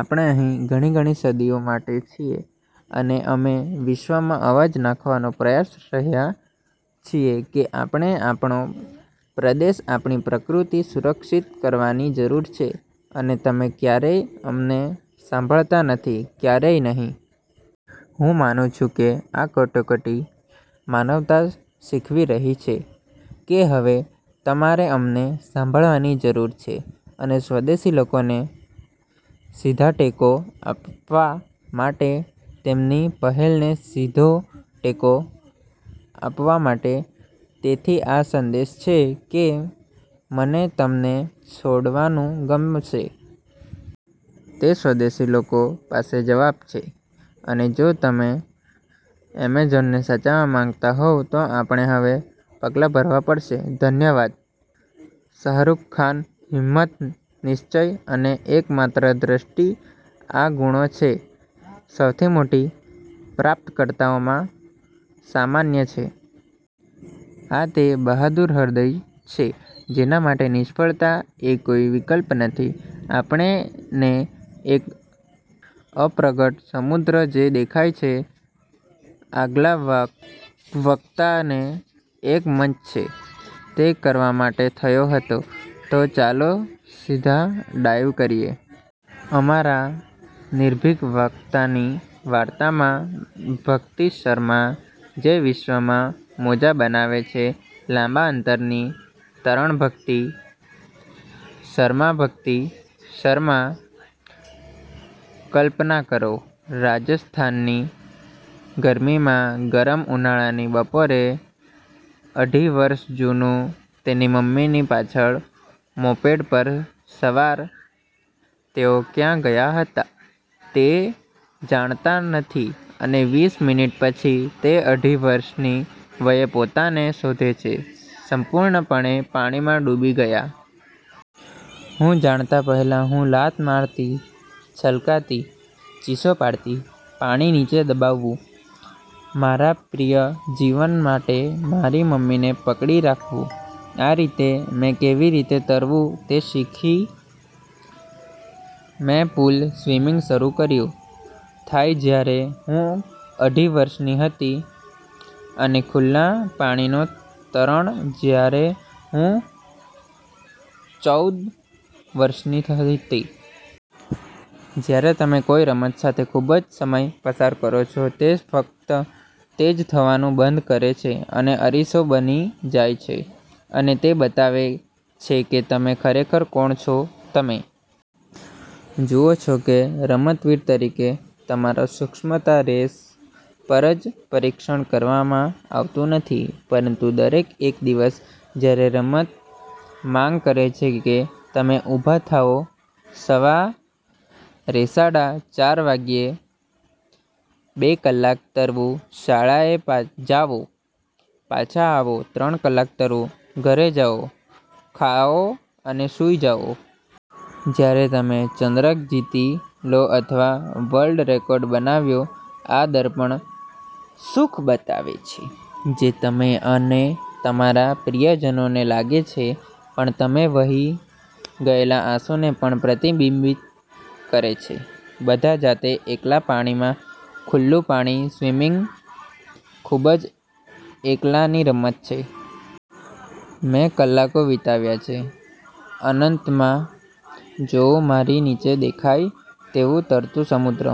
આપણે અહીં ઘણી ઘણી સદીઓ માટે છીએ અને અમે વિશ્વમાં અવાજ નાખવાનો પ્રયાસ રહ્યા છીએ, કે આપણે આપણો પ્રદેશ, આપણી પ્રકૃતિ સુરક્ષિત કરવાની જરૂર છે અને તમે ક્યારેય અમને સાંભળતા નથી. ક્યારેય નહીં. હું માનું છું કે આ કટોકટી માનવતા શીખવી રહી છે કે હવે તમારે અમને સાંભળવાની જરૂર છે અને સ્વદેશી લોકોને સીધાટેકો આપવા માટે, તેમની પહેલને સીધો ટેકો આપવા માટે. તેથી આ સંદેશ છે કે મને તમને છોડવાનું ગમશે. તે સ્વદેશી લોકો પાસે જવાબ છે, અને જો તમે એમેઝોનને સાચવવા માંગતા હોવ, તો આપણે હવે પગલાં ભરવા પડશે. ધન્યવાદ. શાહરૂખ ખાન: હિંમત, નિશ્ચય, અને એકમાત્ર દ્રષ્ટિ. આ ગુણો છે સૌથી મોટી પ્રાપ્તકર્તાઓમાં સામાન્ય છે. આ તે બહાદુર હૃદય છે જેના માટે નિષ્ફળતા એ કોઈ વિકલ્પ નથી. આપણને એક અપ્રગટ સમુદ્ર જે દેખાય છે, આગલા વક્તાને એક મંચ છે, તે કરવા માટે થયો હતો. તો ચાલો સીધા ડાઇવ કરીએ. અમારા નિર્ભીક વક્તાની વાર્તામાં, ભક્તિ શર્મા. જે વિશ્વમાં મોજા બનાવે છે લાંબા અંતરની તરણ. ભક્તિ શર્મા. ભક્તિ શર્મા: કલ્પના કરો, રાજસ્થાનની ગરમીમાં ગરમ ઉનાળાની બપોરે, અઢી વર્ષ જૂનું તેની મમ્મીની પાછળ મોપેડ પર સવાર, તેઓ ક્યાં ગયા હતા તે જાણતા નથી અને વીસ મિનિટ પછી, તે અઢી વર્ષની વયે પોતાને શોધે છે સંપૂર્ણપણે પાણીમાં ડૂબી ગયા. હું જાણતા પહેલા, હું લાત મારતી, છલકાતી, ચીસો પાડતી, પાણી નીચે દબાવવું, મારા પ્રિય જીવન માટે મારી મમ્મીને પકડી રાખવું. આ રીતે મેં કેવી રીતે તરવું તે શીખી. મેં પૂલ-સ્વિમિંગ શરૂ કર્યું, થાય જ્યારે હું અઢી વર્ષની હતી, અને ખુલ્લા પાણીનો તરણ જ્યારે હું ચૌદ વર્ષની હતી. જ્યારે તમે કોઈ રમત સાથે ખૂબ સમય પસાર કરો છો, તે ફક્ત તે જ થવાનું બંધ કરે છે અને અરીસો બની જાય છે અને તે બતાવે છે કે તમે ખરેખર કોણ છો. તમે જુઓ છો કે રમતવીર તરીકે તમારી સૂક્ષ્મતા રેસ પર જ પરીક્ષણ કરવામાં આવતું નથી, પરંતુ દરેક એક દિવસ, જ્યારે રમત માંગ કરે છે કે તમે ઉભા થાઓ સવા રેસાડા ચાર વાગ્યે, બે કલાક તરવું, શાળાએ જાઓ, પાછા આવો, ત્રણ કલાક તરવું, ઘરે જાઓ, ખાઓ અને સૂઈ જાઓ. જ્યારે તમે ચંદ્રક જીતી લો અથવા વર્લ્ડ રેકોર્ડ બનાવ્યો, આ દર્પણ સુખ બતાવે છે જે તમે અને તમારા પ્રિયજનોને લાગે છે, પણ તમે વહી ગયેલા આંસુને પણ પ્રતિબિંબિત કરે છે. બધા જાતે, એકલા પાણીમાં ખુલ્લું પાણી સ્વિમિંગ ખૂબ જ એકલાની રમત છે. મેં કલાકો વીતાવ્યા છે .અનંતમાં જોવું, મારી નીચે દેખાય તેવું તરતું સમુદ્ર,